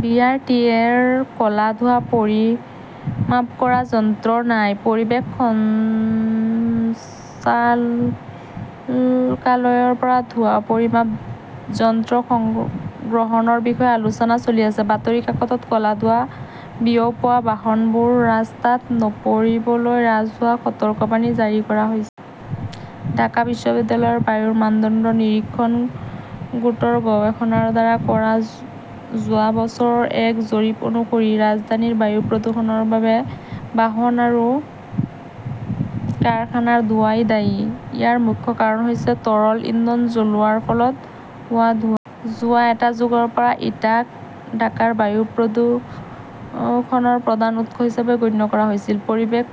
B. R. T. A. -ৰ ক'লা ধোঁৱা পৰিমাপ কৰা যন্ত্ৰ নাই। পৰিৱেশ সঞ্চালকালয়ৰ পৰা ধোঁৱা পৰিমাপ যন্ত্ৰ গ্ৰহণৰ বিষয়ে আলোচনা চলি আছে। বাতৰি কাকতত ক'লা ধোঁৱা বিয়পোৱা বাহনবোৰ ৰাস্তাত নপৰিবলৈ ৰাজহুৱা সতৰ্কবাণী জাৰি কৰা হৈছে। ঢাকা বিশ্ববিদ্যালয়ৰ বায়ুৰ মানদণ্ড নিৰীক্ষণ গোটৰ গৱেষণাৰ দ্বাৰা কৰা যোৱা বছৰৰ এক জৰীপ অনুসৰি, ৰাজধানীৰ বায়ু প্ৰদূষণৰ বাবে বাহন আৰু কাৰখানাৰ ধোঁৱাই দায়ী। ইয়াৰ মুখ্য কাৰণ হৈছে তৰল ইন্ধন জ্বলোৱাৰ ফলত হোৱা ধোঁৱা। যোৱা এটা যুগৰ পৰা ইটাক ঢাকাৰ বায়ু প্ৰদূষণৰ প্ৰধান উৎস হিচাপে গণ্য কৰা হৈছিল। পৰিৱেশ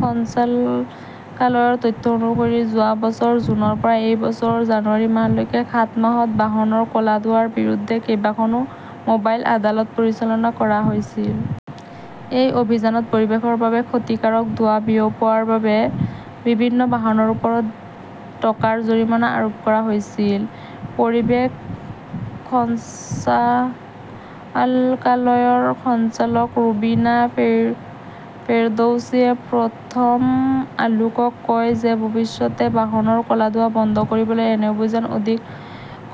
সঞ্চালকালয়ৰ তথ্য অনুসৰি, যোৱা বছৰ জুনৰ পৰা এই বছৰৰ জানুৱাৰী মাহলৈকে সাত মাহত বাহনৰ ক'লা ধোঁৱাৰ বিৰুদ্ধে কেইবাখনো মোবাইল আদালত পৰিচালনা কৰা হৈছিল। এই অভিযানত পৰিৱেশৰ বাবে ক্ষতিকাৰক ধোঁৱা বিয়পোৱাৰ বাবে বিভিন্ন বাহনৰ ওপৰত টকাৰ জৰিমনা আৰোপ কৰা হৈছিল। পৰিৱেশ সঞ্চালকালয়ৰ সঞ্চালক ৰুবিনা ফেৰদৌছিয়ে প্ৰথম আলোকক কয় যে ভৱিষ্যতে বাহনৰ ক'লা ধোঁৱা বন্ধ কৰিবলৈ এনে অভিযান অধিক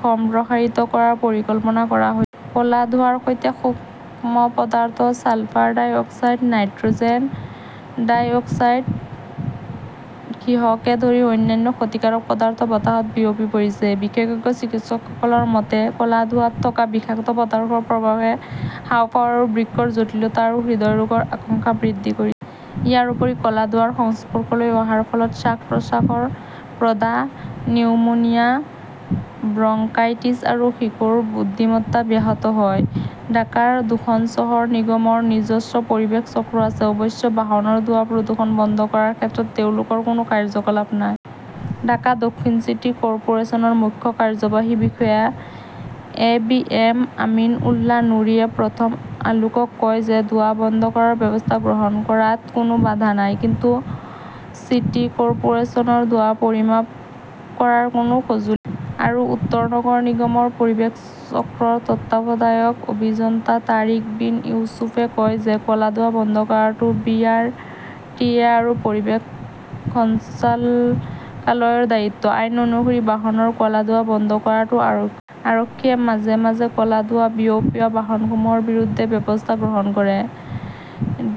সম্প্ৰসাৰিত কৰাৰ পৰিকল্পনা কৰা হৈছে। ক'লা ধোঁৱাৰ সৈতে সূক্ষ্ম পদাৰ্থ, sulphur dioxide, nitrogen dioxide, সীহকে ধৰি অন্যান্য ক্ষতিকাৰক পদাৰ্থ বতাহত বিয়পি পৰিছে। বিশেষজ্ঞ চিকিৎসকসকলৰ মতে, ক'লা ধোঁৱাত থকা বিষাক্ত পদাৰ্থৰ প্ৰভাৱে হাঁওফাঁও আৰু বৃক্কৰ জটিলতা আৰু হৃদৰোগৰ আশংকা বৃদ্ধি কৰিছে। ইয়াৰ উপৰি, ক'লা ধোঁৱাৰ সংস্পৰ্শলৈ অহাৰ ফলত শ্বাস-প্ৰশ্বাসৰ প্ৰদাহ, নিউমোনিয়া, ব্ৰংকাইটিছ আৰু শিশুৰ বুদ্ধিমত্তা ব্যাহত হয়। ঢাকাৰ দুখন চহৰ নিগমৰ নিজস্ব পৰিৱেশ চক্ৰ আছে। অৱশ্যে, বাহনৰ ধোঁৱা প্ৰদূষণ বন্ধ কৰাৰ ক্ষেত্ৰত তেওঁলোকৰ কোনো কাৰ্যকলাপ নাই। ঢাকা দক্ষিণ চিটি কৰ্পোৰেচনৰ মুখ্য কাৰ্যবাহী বিষয়া A. B. M. Amin Ullah নুৰীয়ে প্ৰথম আলোকক কয় যে, "ধোঁৱা বন্ধ কৰাৰ ব্যৱস্থা গ্ৰহণ কৰাত কোনো বাধা নাই। কিন্তু চিটি কৰ্পোৰেচনৰ ধোঁৱা পৰিমাপ কৰাৰ কোনো সঁজুলি।" আৰু উত্তৰ নগৰ নিগমৰ পৰিৱেশ চক্ৰৰ তত্ত্বাৱধায়ক অভিযন্তা তাৰিক বিন ইউছুফে কয় যে, "ক'লা ধোঁৱা বন্ধ কৰাটো বি. আৰ. টি. এ. আৰু পৰিৱেশ সঞ্চালকালয়ৰ দায়িত্ব। আইন অনুসৰি, বাহনৰ ক'লা ধোঁৱা বন্ধ কৰাটোও আৰু। আৰক্ষীয়ে মাজে মাজে ক'লা ধোঁৱা বিয়পোৱা বাহনসমূহৰ বিৰুদ্ধে ব্যৱস্থা গ্ৰহণ কৰে।"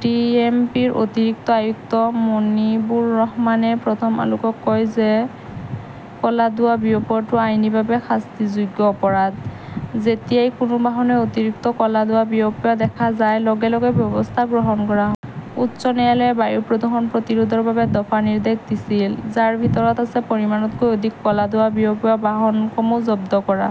ডিএমপিৰ অতিৰিক্ত আয়ুক্ত মনিবুৰ ৰহমানে প্ৰথম আলোকক কয় যে, "ক'লা ধোঁৱা বিয়পোৱাটো আইনীভাৱে শাস্তিযোগ্য অপৰাধ। যেতিয়াই কোনো বাহনে অতিৰিক্ত ক'লা ধোঁৱা বিয়পোৱা দেখা যায়, লগে লগে ব্যৱস্থা গ্ৰহণ কৰা হয়।" উচ্চ ন্যায়ালয়ে বায়ু প্ৰদূষণ প্ৰতিৰোধৰ বাবে দফা নিৰ্দেশ দিছিল, যাৰ ভিতৰত আছে পৰিমাণতকৈ অধিক ক'লা ধোঁৱা বিয়পোৱা বাহনসমূহ জব্দ কৰা।